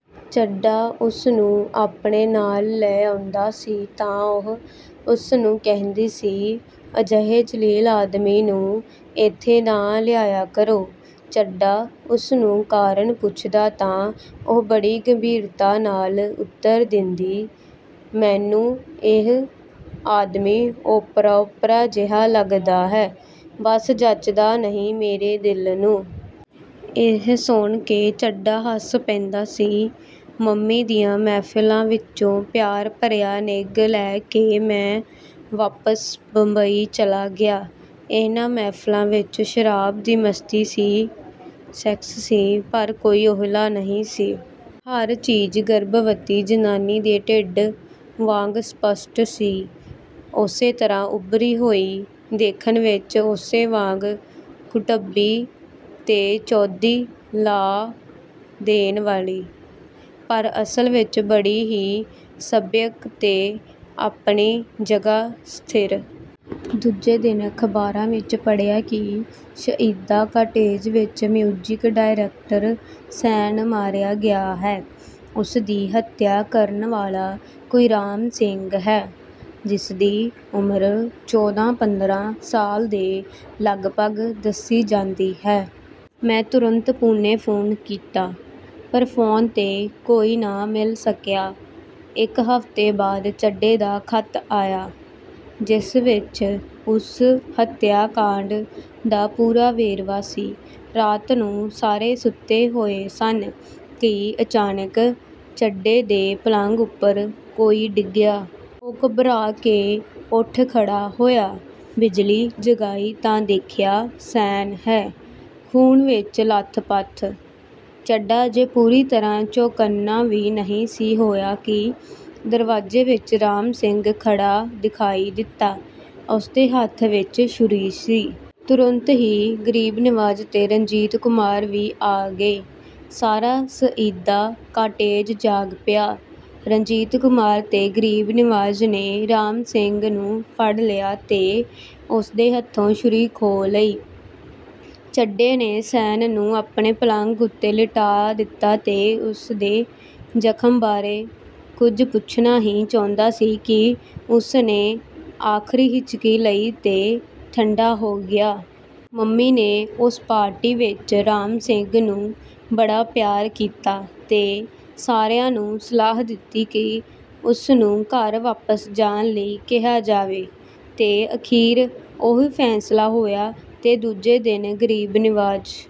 ਚੱਡਾ ਉਸਨੂੰ ਆਪਣੇ ਨਾਲ ਲੈ ਆਉਂਦਾ ਸੀ ਤਾਂ ਉਹ ਉਸਨੂੰ ਕਹਿੰਦੀ ਸੀ, "ਅਜਿਹੇ ਜਲੀਲ ਆਦਮੀ ਨੂੰ ਇੱਥੇ ਨਾ ਲਿਆਇਆ ਕਰੋ। " ਚੱਡਾ ਉਸਨੂੰ ਕਾਰਣ ਪੁੱਛਦਾ ਤਾਂ ਉਹ ਬੜੀ ਗੰਭੀਰਤਾ ਨਾਲ ਉਤਰ ਦਿੰਦੀ, "ਮੈਨੂੰ ਇਹ ਆਦਮੀ ਓਪਰਾ-ਓਪਰਾ ਜਿਹਾ ਲੱਗਦਾ ਹੈ, ਬਸ ਜਚਦਾ ਨਹੀਂ ਮੇਰੇ ਦਿਲ ਨੂੰ। " ਇਹ ਸੁਣ ਕੇ ਚੱਡਾ ਹੱਸ ਪੈਂਦਾ ਸੀ। ਮੰਮੀ ਦੀਆਂ ਮਹਿਫ਼ਿਲਾਂ ਵਿਚੋਂ ਪਿਆਰ ਭਰਿਆ ਨਿੱਘ ਲੈ ਕੇ ਮੈਂ ਵਾਪਸ ਬੰਬਈ ਚਲਾ ਗਿਆ। ਇਹਨਾਂ ਮਹਿਫ਼ਿਲਾਂ ਵਿਚ ਸ਼ਰਾਬ ਦੀ ਮਸਤੀ ਸੀ, ਸੈਕਸ ਸੀ, ਪਰ ਕੋਈ ਓਹਲਾ ਨਹੀਂ ਸੀ। ਹਰ ਚੀਜ਼ ਗਰਭਵਤੀ ਜ਼ਨਾਨੀ ਦੇ ਢਿੱਡ ਵਾਂਗ ਸਪਸ਼ਟ ਸੀ। ਉਸੇ ਤਰ੍ਹਾਂ ਉੱਭਰੀ ਹੋਈ, ਦੇਖਣ ਵਿਚ ਉਸੇ ਵਾਂਗ ਕੁਢੱਬੀ ਤੇ ਚੌਂਧੀ ਲਾ ਦੇਣ ਵਾਲੀ, ਪਰ ਅਸਲ ਵਿਚ ਬੜੀ ਹੀ ਸਭਿਅਕ ਤੇ ਆਪਣੀ ਜਗ੍ਹਾ ਸਥਿਰ। ਦੂਜੇ ਦਿਨ ਅਖ਼ਬਾਰਾਂ ਵਿਚ ਪੜ੍ਹਿਆ ਕਿ ਸਈਦਾ ਕਾਟੇਜ ਵਿਚ ਮਿਊਜ਼ਿਕ ਡਾਇਰੈਕਟਰ ਸੈਨ ਮਾਰਿਆ ਗਿਆ ਹੈ। ਉਸਦੀ ਹੱਤਿਆ ਕਰਨ ਵਾਲਾ ਕੋਈ ਰਾਮ ਸਿੰਘ ਹੈ, ਜਿਸਦੀ ਉਮਰ ਚੌਦਾਂ ਪੰਦਰਾਂ ਸਾਲ ਦੇ ਲਗਭਗ ਦੱਸੀ ਜਾਂਦੀ ਹੈ। ਮੈਂ ਤੁਰੰਤ ਪੂਨੇ ਫ਼ੋਨ ਕੀਤਾ, ਪਰ ਫ਼ੋਨ 'ਤੇ ਕੋਈ ਨਾ ਮਿਲ ਸਕਿਆ। ਇਕ ਹਫ਼ਤੇ ਬਾਅਦ ਚੱਡੇ ਦਾ ਖ਼ਤ ਆਇਆ, ਜਿਸ ਵਿਚ ਉਸ ਹੱਤਿਆ ਕਾਂਢ ਦਾ ਪੂਰਾ ਵੇਰਵਾ ਸੀ। ਰਾਤ ਨੂੰ ਸਾਰੇ ਸੁੱਤੇ ਹੋਏ ਸਨ ਕਿ ਅਚਾਨਕ ਚੱਡੇ ਦੇ ਪਲੰਘ ਉਪਰ ਕੋਈ ਡਿੱਗਿਆ। ਉਹ ਘਬਰਾ ਕੇ ਉਠ ਖੜ੍ਹਾ ਹੋਇਆ। ਬਿਜਲੀ ਜਗਾਈ ਤਾਂ ਦੇਖਿਆ, ਸੈਨ ਹੈ, ਖੂਨ ਵਿਚ ਲੱਥਪੱਥ। ਚੱਡਾ ਅਜੇ ਪੂਰੀ ਤਰ੍ਹਾਂ ਚੌਕੰਨਾਂ ਵੀ ਨਹੀਂ ਸੀ ਹੋਇਆ ਕਿ ਦਰਵਾਜ਼ੇ ਵਿਚ ਰਾਮ ਸਿੰਘ ਖੜ੍ਹਾ ਦਿਖਾਈ ਦਿੱਤਾ। ਉਸਦੇ ਹੱਥ ਵਿਚ ਛੁਰੀ ਸੀ। ਤੁਰੰਤ ਹੀ ਗਰੀਬ ਨਿਵਾਜ ਤੇ ਰਣਜੀਤ ਕੁਮਾਰ ਵੀ ਆ ਗਏ। ਸਾਰਾ ਸਈਦਾ ਕਾਟੇਜ ਜਾਗ ਪਿਆ। ਰਣਜੀਤ ਕੁਮਾਰ ਤੇ ਗਰੀਬ ਨਿਵਾਜ ਨੇ ਰਾਮ ਸਿੰਘ ਨੂੰ ਫੜ੍ਹ ਲਿਆ ਤੇ ਉਸਦੇ ਹੱਥੋਂ ਛੁਰੀ ਖੋਹ ਲਈ। ਚੱਡੇ ਨੇ ਸੈਨ ਨੂੰ ਆਪਣੇ ਪਲੰਘ ਉੱਤੇ ਲਿਟਾਅ ਦਿੱਤਾ ਤੇ ਉਸਦੇ ਜ਼ਖ਼ਮ ਬਾਰੇ ਕੁਝ ਪੁੱਛਣਾ ਹੀ ਚਾਹੁੰਦਾ ਸੀ ਕਿ ਉਸਨੇ ਆਖਰੀ ਹਿਚਕੀ ਲਈ ਤੇ ਠੰਡਾ ਹੋ ਗਿਆ। " ਮੰਮੀ ਨੇ ਉਸ ਪਾਰਟੀ ਵਿਚ ਰਾਮ ਸਿੰਘ ਨੂੰ ਬੜਾ ਪਿਆਰ ਕੀਤਾ ਤੇ ਸਾਰਿਆਂ ਨੂੰ ਸਲਾਹ ਦਿੱਤੀ ਕਿ ਉਸਨੂੰ ਘਰ ਵਾਪਸ ਜਾਣ ਲਈ ਕਿਹਾ ਜਾਵੇ। ਤੇ ਅਖੀਰ ਉਹੀ ਫੈਸਲਾ ਹੋਇਆ ਤੇ ਦੂਜੇ ਦਿਨ ਗਰੀਬ ਨਿਵਾਜ